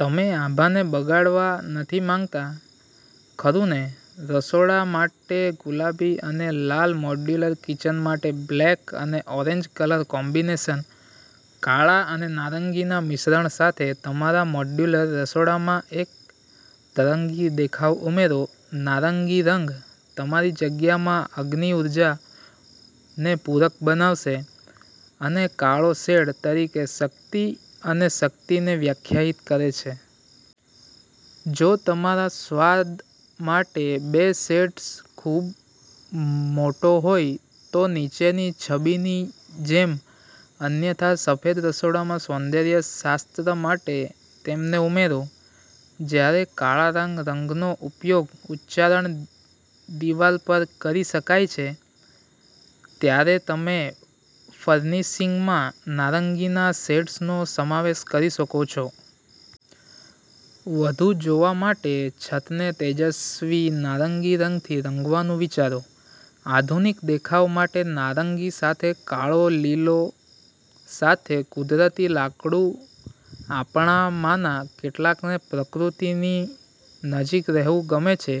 તમે આભાને બગાડવા નથી માંગતા, ખરું ને? રસોડા માટે ગુલાબી અને લાલ મોડ્યુલર કિચન માટે બ્લેક અને ઓરેન્જ કલર કોમ્બિનેશન કાળા અને નારંગીના મિશ્રણ સાથે તમારા મોડ્યુલર રસોડામાં એક તરંગી દેખાવ ઉમેરો. નારંગી રંગ તમારી જગ્યામાં અગ્નિ ઊર્જાને પૂરક બનાવશે, અને કાળો શેડ તરીકે શક્તિ અને શક્તિને વ્યાખ્યાયિત કરે છે. જો તમારા સ્વાદ માટે બે શેડ્સ ખૂબ મોટા હોય, તો નીચેની છબીની જેમ અન્યથા સફેદ રસોડામાં સૌંદર્ય શાસ્ત્ર માટે તેમને ઉમેરો. જ્યારે કાળા રંગનો ઉપયોગ ઉચ્ચારણ દિવાલ પર કરી શકાય છે, ત્યારે તમે ફર્નિશિંગમાં નારંગીના શેડ્સનો સમાવેશ કરી શકો છો. વધુ જોવા માટે, છતને તેજસ્વી નારંગી રંગથી રંગવાનું વિચારો. આધુનિક દેખાવ માટે નારંગી સાથે કાળો લીલા સાથે કુદરતી લાકડું આપણામાંના કેટલાકને પ્રકૃતિની નજીક રહેવું ગમે છે.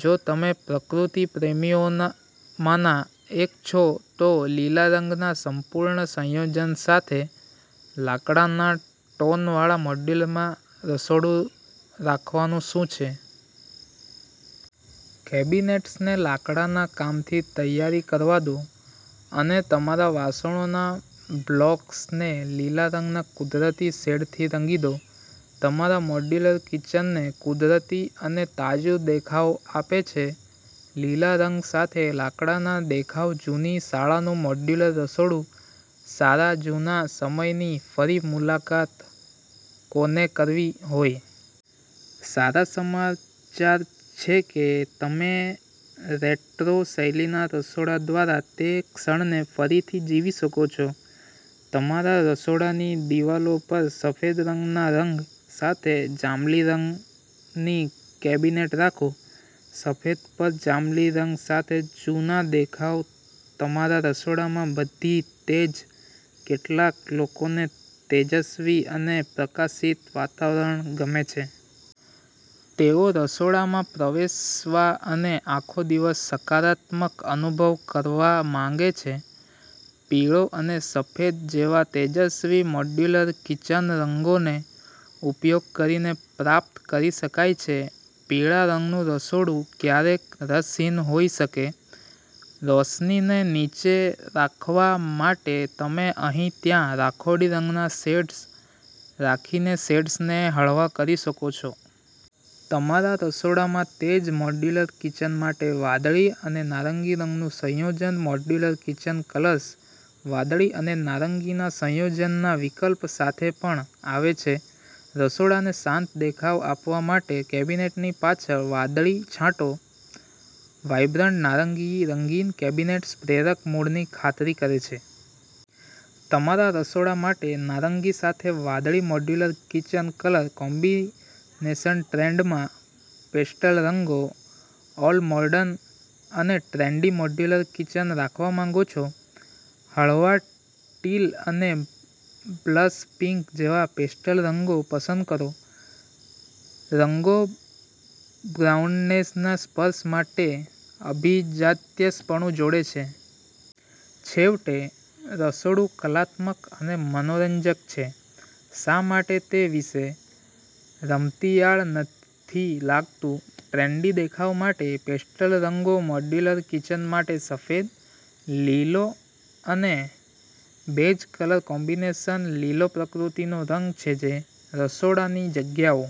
જો તમે તે પ્રકૃતિ પ્રેમીઓમાંના એક છો, તો લીલા રંગના સંપૂર્ણ સંયોજન સાથે લાકડાના ટોનવાળા મોડ્યુલર રસોડું રાખવાનું શું છે? કેબિનેટ્સને લાકડાના કામથી તૈયાર કરવા દો, અને તમારા વાસણોના બ્લોક્સને લીલા રંગના કુદરતી શેડથી રંગી દો. તમારા મોડ્યુલર કિચનને કુદરતી અને તાજું દેખાવ આપે છે. લીલા રંગ સાથે લાકડાના દેખાવ જૂની શાળાનું મોડ્યુલર રસોડું સારા જૂના સમયની ફરી મુલાકાત કોનેકરવી હોય? સારા સમાચારછે કે તમે રેટ્રો-શૈલીના રસોડા દ્વારા તે ક્ષણોને ફરીથી જીવી શકો છો. તમારા રસોડાની દિવાલો માટે સફેદ રંગના રંગ સાથે જાંબલી રંગની કેબિનેટ રાખો. સફેદ અને જાંબલી સાથે જૂના દેખાવ તમારા રસોડામાં બધી તેજ કેટલાક લોકોને તેજસ્વી અને પ્રકાશિત વાતાવરણ ગમે છે. તેઓ રસોડામાં પ્રવેશવા અને આખો દિવસ સકારાત્મક અનુભવ કરવા માંગે છે. પીળા અને સફેદ જેવા તેજસ્વી મોડ્યુલર કિચન રંગોનો ઉપયોગ કરીને પ્રાપ્ત કરી શકાય છે. પીળા રંગનું રસોડું ક્યારેય રસહીન હોઈ શકે? રોશનીને નીચી રાખવા માટે તમે અહીં-ત્યાં રાખોડી રંગના શેડ્સ રાખીને શેડ્સને હળવા કરી શકો છો. તમારા રસોડામાં તેજ મોડ્યુલર કિચન માટે વાદળી અને નારંગી રંગનું સંયોજન મોડ્યુલર કિચન કલર્સ વાદળી અને નારંગીના સંયોજનના વિકલ્પ સાથે પણ આવે છે. રસોડાને શાંત દેખાવ આપવા માટે કેબિનેટની પાછળ વાદળી છાંટો. વાઇબ્રન્ટ નારંગી-રંગીન કેબિનેટ્સ પ્રેરક મૂડની ખાતરી કરે છે. તમારા રસોડા માટે નારંગી સાથે વાદળી મોડ્યુલર કિચન કલર કોમ્બિનેશનટ્રેન્ડમાં પેસ્ટલ રંગો ઓલ-મોર્ડન અને ટ્રેન્ડી મોડ્યુલર કિચન રાખવા માંગો છો? હળવા ટીલ અને બ્લશ પિંક જેવા પેસ્ટલ રંગો પસંદ કરો. રંગો ગ્રાઉન્ડનેસના સ્પર્શ સાથે અભિજાત્યપણુને જોડે છે. છેવટે, રસોડું કલાત્મક અને મનોરંજક છે. શા માટે તે વિશે રમતિયાળ નથી લાગતું? ટ્રેન્ડી દેખાવ માટે પેસ્ટલ રંગો મોડ્યુલર કિચન માટે સફેદ, લીલો અને બેજ કલર કોમ્બિનેશન લીલોપ્રકૃતિનો રંગ છે જે રસોડાની જગ્યાઓ